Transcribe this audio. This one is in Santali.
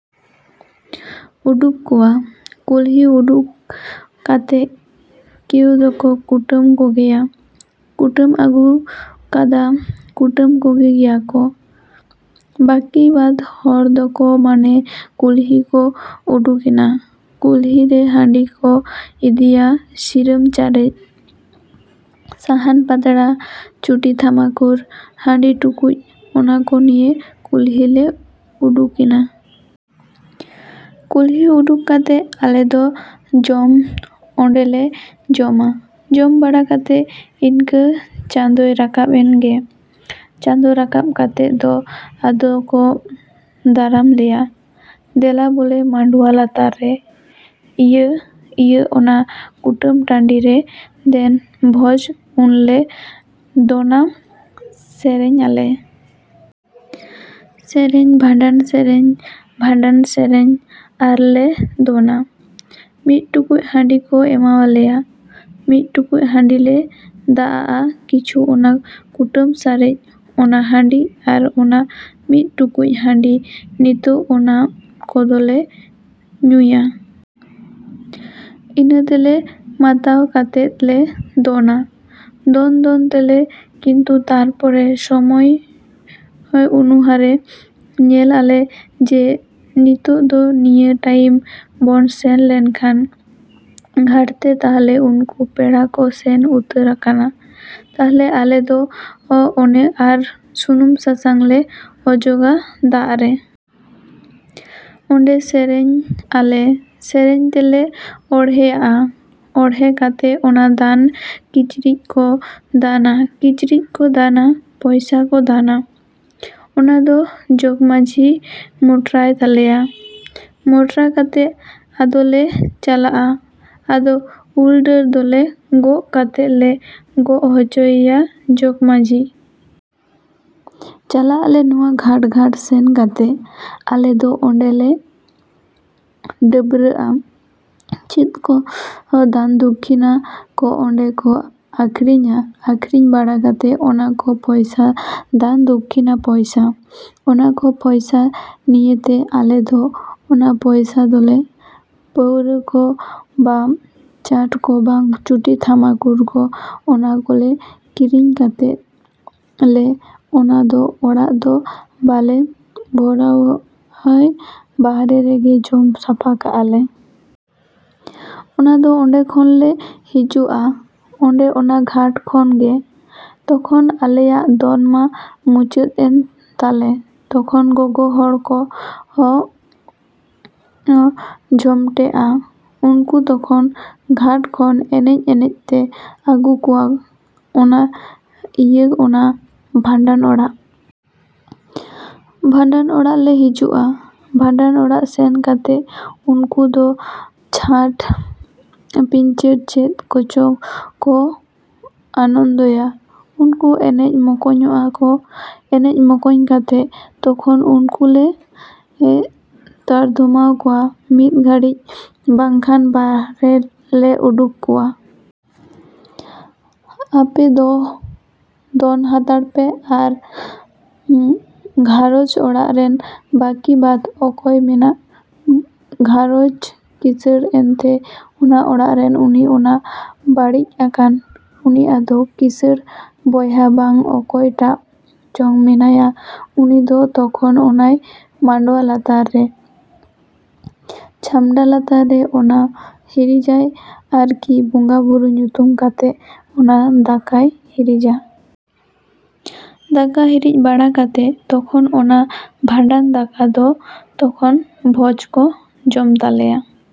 ᱩᱰᱩᱠ ᱠᱚᱣᱟ᱾ ᱠᱩᱞᱦᱤ ᱩᱰᱩᱠ ᱠᱟᱛᱮᱫ ᱠᱮᱣ ᱫᱚᱠᱚ ᱠᱩᱴᱟᱹᱢ ᱠᱚᱜᱮᱭᱟ᱾ ᱠᱩᱴᱟᱹᱢ ᱟᱹᱜᱩ ᱠᱟᱫᱟ, ᱠᱩᱴᱟᱹᱢ ᱠᱚᱜᱮ ᱜᱮᱭᱟ ᱠᱚ᱾ ᱵᱟᱹᱠᱤ ᱵᱟᱫ ᱦᱚᱲ ᱫᱚᱠᱚ ᱢᱟᱱᱮ ᱠᱩᱞᱦᱤ ᱠᱚ ᱩᱰᱩᱠ ᱮᱱᱟ᱾ ᱠᱩᱞᱦᱤ ᱨᱮ ᱦᱟᱺᱰᱤ ᱠᱚ ᱤᱫᱤᱭᱟ, ᱥᱤᱨᱟᱹᱢ ᱪᱟᱨᱮᱡ, ᱥᱟᱦᱟᱱ ᱯᱟᱛᱲᱟ, ᱪᱩᱴᱤ ᱛᱷᱟᱢᱟᱠᱩᱨ, ᱦᱟᱺᱰᱤ ᱴᱩᱠᱩᱡ ᱚᱱᱟ ᱠᱚ ᱱᱤᱭᱮ ᱠᱩᱞᱦᱤ ᱞᱮ ᱩᱰᱩᱠ ᱮᱱᱟ᱾ ᱠᱩᱞᱦᱤ ᱩᱰᱩᱠ ᱠᱟᱛᱮᱫ ᱟᱞᱮ ᱫᱚ ᱡᱚᱢ ᱚᱸᱰᱮᱞᱮ ᱡᱚᱢᱟ᱾ ᱡᱚᱢ ᱵᱟᱲᱟ ᱠᱟᱛᱮᱫ ᱤᱱᱠᱟᱹ ᱪᱟᱸᱫᱳᱭ ᱨᱟᱠᱟᱵᱽ ᱮᱱ ᱜᱮ᱾ ᱪᱟᱸᱫᱳ ᱨᱟᱠᱟᱵᱽ ᱠᱟᱛᱮᱫ ᱫᱚ ᱟᱫᱚ ᱠᱚ ᱫᱟᱨᱟᱢ ᱞᱮᱭᱟ᱾ ᱫᱮᱞᱟ ᱵᱚᱞᱮ ᱢᱟᱰᱣᱟ ᱞᱟᱛᱟᱨ ᱨᱮ, ᱤᱭᱟᱹ ᱤᱭᱟᱹ ᱚᱱᱟ ᱠᱩᱴᱟᱹᱢ ᱴᱟᱺᱰᱤ ᱨᱮ ᱫᱮᱱ ᱵᱷᱚᱡᱽ ᱩᱱᱞᱮ ᱫᱚᱱᱟ ᱥᱮᱨᱮᱧ ᱟᱞᱮ᱾ ᱥᱮᱨᱮᱧ ᱵᱷᱟᱸᱰᱟᱱ ᱥᱮᱨᱮᱧ, ᱵᱷᱟᱸᱰᱟᱱ ᱥᱮᱨᱮᱧ ᱟᱨᱞᱮ ᱫᱚᱱᱟ᱾ ᱢᱤᱫ ᱴᱩᱠᱩᱡ ᱦᱟᱺᱰᱤ ᱠᱚ ᱮᱢᱟᱣ ᱟᱞᱮᱭᱟ᱾ ᱢᱤᱫ ᱴᱩᱠᱩᱡ ᱦᱟᱺᱰᱤ ᱞᱮ ᱫᱟᱜᱼᱟᱜᱼᱟ ᱠᱤᱪᱷᱩ ᱚᱱᱟ ᱠᱩᱴᱟᱹᱢ ᱥᱟᱨᱮᱡ ᱚᱱᱟ ᱦᱟᱺᱰᱤ ᱟᱨ ᱚᱱᱟ ᱢᱤᱫ ᱴᱩᱠᱩᱡ ᱦᱟᱺᱰᱤ ᱱᱤᱛᱚᱜ ᱚᱱᱟ ᱠᱚᱫᱚᱞᱮ ᱧᱩᱭᱟ᱾ ᱤᱱᱟᱹ ᱛᱮᱞᱮ ᱢᱟᱛᱟᱣ ᱠᱟᱛᱮᱫ ᱞᱮ ᱫᱚᱱᱟ᱾ ᱫᱚᱱ ᱫᱚᱱ ᱛᱮᱞᱮ ᱠᱤᱱᱛᱩ ᱛᱟᱨᱯᱚᱨᱮ ᱥᱚᱢᱚᱭ ᱚᱱᱩ ᱦᱟᱨᱮ ᱧᱮᱞ ᱟᱞᱮ ᱡᱮ ᱱᱤᱛᱚᱝ ᱫᱚ ᱱᱤᱭᱟᱹ ᱴᱟᱭᱤᱢ ᱵᱚᱱ ᱥᱮᱱ ᱞᱮᱱᱠᱷᱟᱱ ᱜᱷᱟᱴᱛᱮ ᱛᱟᱦᱚᱞᱮ ᱩᱱᱠᱩ ᱯᱮᱲᱟ ᱠᱚ ᱥᱮᱱ ᱩᱛᱟᱨ ᱟᱠᱟᱱᱟ᱾ ᱛᱟᱦᱚᱞᱮ ᱟᱞᱮ ᱫᱚ ᱚᱱᱮ ᱟᱨᱚ ᱥᱩᱱᱩᱢ ᱥᱟᱥᱟᱝ ᱞᱮ ᱚᱡᱚᱜᱟ ᱫᱟᱜ ᱨᱮ᱾ ᱚᱸᱰᱮ ᱥᱮᱨᱮᱧ ᱟᱞᱮ᱾ ᱥᱮᱨᱮᱧ ᱛᱮᱞᱮ ᱚᱬᱦᱮᱭᱟᱜᱼᱟ᱾ ᱚᱬᱦᱮ ᱠᱟᱛᱮᱫ ᱚᱱᱟ ᱫᱟᱱ ᱠᱤᱪᱨᱤᱡᱽ ᱠᱚ ᱫᱟᱱᱟ, ᱠᱤᱪᱨᱤᱡᱽ ᱠᱚ ᱫᱟᱱᱟ, ᱯᱚᱭᱥᱟ ᱠᱚ ᱫᱟᱱᱟ᱾ ᱚᱱᱟ ᱫᱚ ᱡᱚᱜᱽ ᱢᱟᱺᱡᱷᱤᱭ ᱢᱚᱴᱨᱟᱭ ᱛᱟᱞᱮᱭᱟ᱾ ᱢᱚᱴᱨᱟ ᱠᱟᱛᱮᱫ ᱟᱫᱚᱞᱮ ᱪᱟᱞᱟᱜᱼᱟ᱾ ᱟᱫᱚ ᱩᱞ ᱰᱟᱹᱨ ᱫᱚᱞᱮ ᱜᱚᱜ ᱠᱟᱛᱮᱫ ᱞᱮ ᱜᱚᱜ ᱦᱚᱪᱚᱭᱮᱭᱟ ᱡᱚᱜᱽ ᱢᱟᱺᱡᱷᱤ᱾ ᱪᱟᱞᱟᱜ ᱟᱞᱮ ᱱᱚᱣᱟ ᱜᱷᱟᱴ ᱜᱷᱟᱴ ᱥᱮᱱ ᱠᱟᱛᱮᱫ ᱟᱞᱮ ᱫᱚ ᱚᱸᱰᱮ ᱞᱮ ᱰᱟᱹᱵᱽᱨᱟᱹᱜᱼᱟ᱾ ᱪᱮᱫ ᱠᱚ ᱫᱟᱱ ᱫᱚᱠᱠᱷᱤᱱᱟ ᱠᱚ ᱚᱸᱰᱮ ᱠᱚ ᱟᱹᱠᱷᱨᱤᱧᱟ᱾ ᱟᱹᱠᱷᱨᱤᱧ ᱵᱟᱲᱟ ᱠᱟᱛᱮᱫ ᱚᱱᱟ ᱠᱚ ᱯᱚᱭᱥᱟ ᱫᱟᱱ ᱫᱚᱠᱷᱤᱱᱟ ᱯᱚᱭᱥᱟ, ᱚᱱᱟ ᱠᱚ ᱯᱚᱭᱥᱟ ᱱᱤᱭᱮ ᱛᱮ ᱟᱞᱮ ᱫᱚ ᱚᱱᱟ ᱯᱚᱭᱥᱟ ᱫᱚᱞᱮ ᱯᱟᱹᱣᱨᱟᱹ ᱠᱚ ᱵᱟ ᱪᱟᱴ ᱠᱚ ᱵᱟᱝ ᱪᱩᱴᱤ ᱛᱷᱟᱢᱟᱠᱩᱨ ᱠᱚ ᱚᱱᱟ ᱠᱚᱞᱮ ᱠᱤᱨᱤᱧ ᱠᱟᱛᱮᱫ ᱞᱮ ᱚᱱᱟ ᱫᱚ ᱚᱲᱟᱜ ᱫᱚ ᱵᱟᱞᱮ ᱵᱷᱚᱨᱟᱣᱟ ᱳᱭ ᱵᱟᱦᱨᱮ ᱨᱮᱜᱮ ᱡᱚᱢ ᱥᱟᱯᱷᱟ ᱠᱟᱜᱼᱟ ᱞᱮ᱾ ᱚᱱᱟ ᱫᱚ ᱚᱸᱰᱮ ᱠᱷᱚᱱ ᱞᱮ ᱦᱤᱡᱩᱜᱼᱟ ᱚᱸᱰᱮ ᱚᱱᱟ ᱜᱷᱟᱴ ᱠᱷᱚᱱ ᱜᱮ᱾ ᱛᱚᱠᱷᱚᱱ ᱟᱞᱮᱭᱟᱜ ᱫᱚᱱ ᱢᱟ ᱢᱩᱪᱟᱹᱫ ᱮᱱ ᱛᱟᱞᱮ᱾ ᱛᱚᱠᱷᱚᱱ ᱜᱚᱜᱚ ᱦᱚᱲ ᱠᱚ ᱡᱚᱢᱮᱴᱚᱜᱼᱟ᱾ ᱩᱱᱠᱩ ᱛᱚᱠᱷᱚᱱ ᱜᱷᱟᱴ ᱠᱷᱚᱱ ᱮᱱᱮᱡ ᱮᱱᱮᱡ ᱛᱮ ᱟᱹᱜᱩ ᱠᱚᱣᱟ ᱚᱱᱟ ᱤᱭᱟᱹ ᱚᱱᱟ ᱵᱷᱟᱸᱰᱟᱱ ᱚᱲᱟᱜ᱾ ᱵᱷᱟᱸᱰᱟᱱ ᱚᱲᱟᱜ ᱞᱮ ᱦᱤᱡᱩᱜᱼᱟ᱾ ᱵᱷᱟᱸᱰᱟᱱ ᱚᱲᱟᱜ ᱥᱮᱱ ᱠᱟᱛᱮᱫ ᱩᱱᱠᱩ ᱫᱚ ᱪᱷᱟᱴ ᱯᱤᱧᱪᱟᱹᱨ ᱪᱮᱫ ᱠᱚᱪᱚ ᱠᱚ ᱟᱱᱚᱱᱫᱚᱭᱟ᱾ ᱩᱱᱠᱩ ᱮᱱᱮᱡ ᱢᱚᱠᱚᱧᱚᱜᱼᱟ ᱠᱚ᱾ ᱮᱱᱮᱡ ᱢᱚᱠᱚᱧ ᱠᱟᱛᱮᱫ ᱛᱚᱠᱷᱚᱱ ᱩᱱᱠᱩ ᱞᱮ ᱛᱟᱨᱫᱚᱢᱟᱣ ᱠᱚᱣᱟ ᱢᱤᱫ ᱜᱷᱟᱹᱲᱤᱡ ᱵᱟᱝᱠᱷᱟᱱ ᱵᱟᱦᱨᱮ ᱞᱮ ᱩᱰᱩᱠ ᱠᱚᱣᱟ᱾ ᱟᱯᱮ ᱫᱚ ᱫᱚᱱ ᱦᱟᱛᱟᱲ ᱯᱮ ᱟᱨ ᱜᱷᱟᱨᱚᱸᱡᱽ ᱚᱲᱟᱜ ᱨᱮᱱ ᱵᱟᱹᱠᱤ ᱵᱟᱫ ᱚᱠᱚᱭ ᱢᱮᱱᱟᱭ ᱜᱷᱟᱨᱚᱸᱡᱽ ᱠᱤᱥᱟᱹᱬ ᱮᱱᱛᱮᱫ ᱚᱱᱟ ᱚᱲᱟᱜ ᱨᱮᱱ ᱩᱱᱤ ᱚᱱᱟ ᱵᱟᱹᱲᱤᱡ ᱟᱠᱟᱱ ᱩᱱᱤ ᱟᱫᱚ ᱠᱤᱥᱟᱹᱬ ᱵᱚᱭᱦᱟ ᱵᱟᱝ ᱚᱠᱚᱭ ᱴᱟᱜ ᱪᱚᱝ ᱢᱮᱱᱟᱭᱟ ᱩᱱᱤ ᱫᱚ ᱛᱚᱠᱷᱚᱱ ᱚᱱᱟᱭ ᱢᱟᱰᱣᱟ ᱞᱟᱛᱟᱨ ᱨᱮ, ᱪᱷᱟᱢᱰᱟ ᱞᱟᱛᱟᱨ ᱨᱮ ᱚᱱᱟ ᱦᱤᱨᱤᱡᱟᱭ ᱟᱨᱠᱤ ᱵᱚᱸᱜᱟᱼᱵᱩᱨᱩ ᱧᱩᱛᱩᱢ ᱠᱟᱛᱮᱫ ᱚᱱᱟ ᱫᱟᱠᱟᱭ ᱦᱤᱨᱤᱡᱟ᱾ ᱫᱟᱠᱟ ᱦᱤᱨᱤᱡ ᱵᱟᱲᱟ ᱠᱟᱛᱮᱫ ᱛᱚᱠᱷᱚᱱ ᱚᱱᱟ ᱵᱷᱟᱸᱰᱟᱱ ᱫᱟᱠᱟ ᱫᱚ ᱛᱚᱠᱷᱚᱱ ᱵᱷᱚᱡᱽ ᱠᱚ ᱡᱚᱢ ᱛᱟᱞᱮᱭᱟ᱾